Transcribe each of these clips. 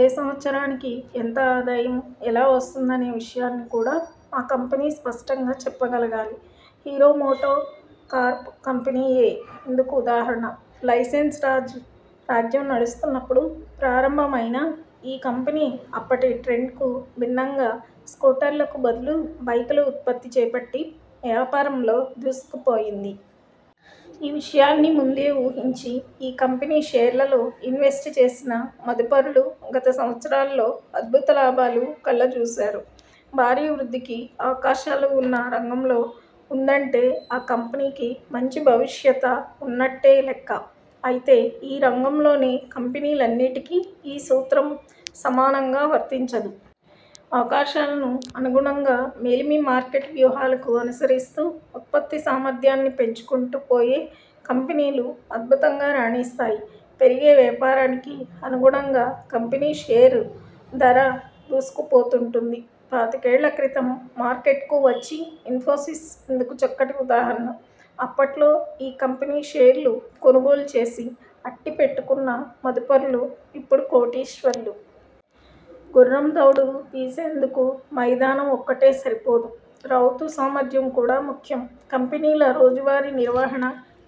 ఏ సంవత్సరానికి ఎంత ఆదాయం, ఎలా వస్తుందనే విషయాన్ని కూడా ఆ కంపెనీ స్పష్టంగా చెప్పగలగాలి. హీరో మోటో కార్ప్ కంపెనీయే ఇందుకు ఉదాహరణ. లైసెన్సు రాజ్ రాజ్యం నడుస్తున్నపుడు ప్రారంభమైనా ఈ కంపెనీ అప్పటి ట్రెండ్కు భిన్నంగా స్కూటర్లకు బదులు బైకుల ఉత్పత్తి చేపట్టి వ్యాపారంలో దూసుకుపోయింది. ఈ విషయాన్ని ముందే ఊహించి ఈ కంపెనీ షేర్లలో ఇన్వెస్ట్ చేసిన మదుపరులు గత సంవత్సరాల్లో అద్భుత లాభాలు కళ్లజూశారు. భారీ వృద్ధికి అవకాశాలు ఉన్న రంగంలో ఉందంటే ఆ కంపెనీకి మంచి భవిష్యత ఉన్నట్టే లెక్క. అయితే ఈ రంగంలోని కంపెనీలన్నింటికీ ఈ సూత్రం సమానంగా వర్తించదు. అవకాశాలకు అనుగుణంగా మేలిమి మార్కెట్ వ్యూహాలను అనుసరిస్తూ ఉత్పత్తి సామర్ధ్యాన్ని పెంచుకుంటూ పోయే కంపెనీలు అద్భుతంగా రాణిస్తాయి. పెరిగే వ్యాపారానికి అనుగుణంగా కంపెనీ షేర్ ధరా దూసుకుపోతుంటుంది. పాతికేళ్ల క్రితం మార్కెట్కు వచ్చిన ఇన్ఫోసిస్ ఇందుకు చక్కటి ఉదాహరణ. అప్పట్లో ఈ కంపెనీ షేర్లు కొనుగోలు చేసి అట్టిపెట్టుకున్న మదుపరులు ఇపుడు కోటీశ్వరులు. గుర్రం దౌడు తీసేందుకు మైదానం ఒక్కటే సరిపోదు. రౌతు సామర్ధ్యం కూడా ముఖ్యం. కంపెనీల రోజు వారీ నిర్వహణ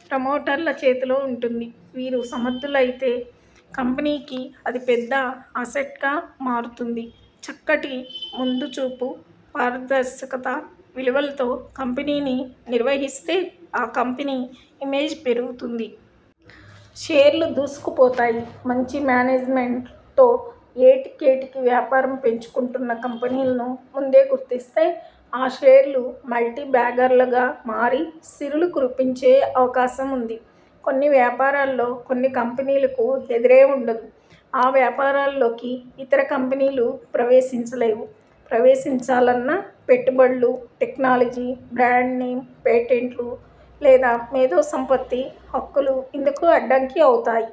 ప్రమోటర్ల చేతిలోనే ఉంటుంది. వీరు సమర్ధులైతే కంపెనీకి అది పెద్ద అసెట్గా మారుతుంది. చక్కటి ముం దు చూపు, పారదర్శకత, విలువలతో కంపెనీని నిర్వహిస్తే ఆ కంపెనీ ఇమేజ్ పెరుగుతుంది. షేర్లూ దూసుకు పోతాయి. మంచి మేనేజ్మెంట్తో ఏటికేటికి వ్యాపారం పెంచుకుంటున్న కంపెనీలను ముందే గుర్తిస్తే ఆ షేర్లు మల్టీ బ్యాగర్లుగా మారి సిరులు కురిపించే అవకాశం ఉంది. కొన్ని వ్యాపారాల్లో కొన్ని కంపెనీలకు ఎదురే ఉండదు. ఆ వ్యాపారాల్లోకి ఇతర కంపెనీలు ప్రవేశించలేవు. ప్రవేశిం చాలన్నా పెట్టుబడులు, టెక్నాలజీ, బ్రాండ్ నేమ్, పేటెంట్లు లేదా మేధో సంపత్తి హక్కులు ఇందుకు అడ్డంకి అవుతాయి.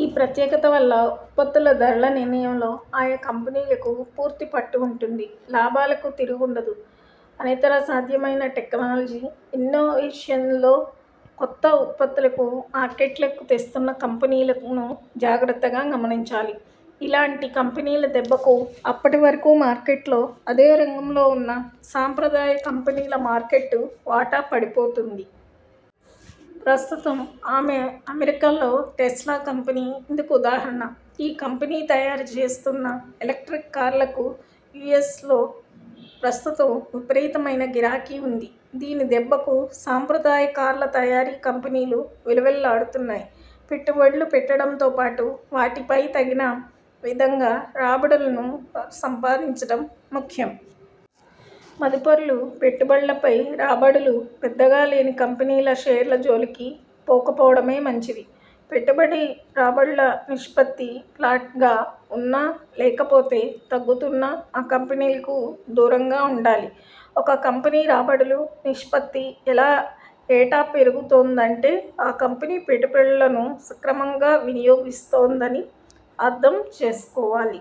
ఈ ప్రత్యేకత వల్ల ఉత్పత్తుల ధరల నిర్ణయంలో ఆయా కంపెనీలకు పూర్తి పట్టు ఉంటుంది. లాభాలకు తిరు గుండదు. అనితర సాధ్యమైన టెక్నాలజీ, ఇన్నోవేషన్స్తో కొత్త ఉత్పత్తులను మార్కెట్లోకి తెస్తున్న కంపెనీలను జాగ్రత్తగా గమనించాలి. ఇలాంటి కంపెనీల దెబ్బకు అప్పటి వరకు మార్కెట్లో అదే రంగంలో ఉన్న సంప్రదాయ కంపెనీల మార్కెట్ వాటా పడిపోతుంది. ప్రస్తుతం అమె రికాలో టెస్లా కంపెనీ ఇందుకు ఉదాహరణ. ఈ కంపెనీ తయారు చేస్తున్న ఎలక్ర్టిక్ కార్లకు యుఎ్సలో ప్రస్తుతం విపరీతమైన గిరాకీ ఉంది. దీని దెబ్బకు సంప్రదాయ కార్ల తయారీ కంపెనీలు విలవిలలాడుతున్నాయి. పెట్టుబడులు పెట్టడంతోపాటు వాటిపై తగిన విధంగా రాబడులను సంపాదించడం ముఖ్యం. మదుపరులు పెట్టుబడులపై రాబడులు పెద్దగా లేని కంపెనీల షేర్ల జోలికి పోకపోవడమే మంచిది. పెట్టుబడి-రాబడుల నిష్పత్తి ఫ్లాట్గా ఉన్నా, లేకపోతే తగ్గుతున్నా ఆ కంపెనీలకు దూరంగా ఉండాలి. ఒక కంపెనీ రాబడుల నిష్పత్తి ఏటా పెరుగుతోందంటే ఆ కంపెనీ పెట్టుబడులను సక్రమంగా వినియోగిస్తోందని అర్థం చేసుకోవాలి.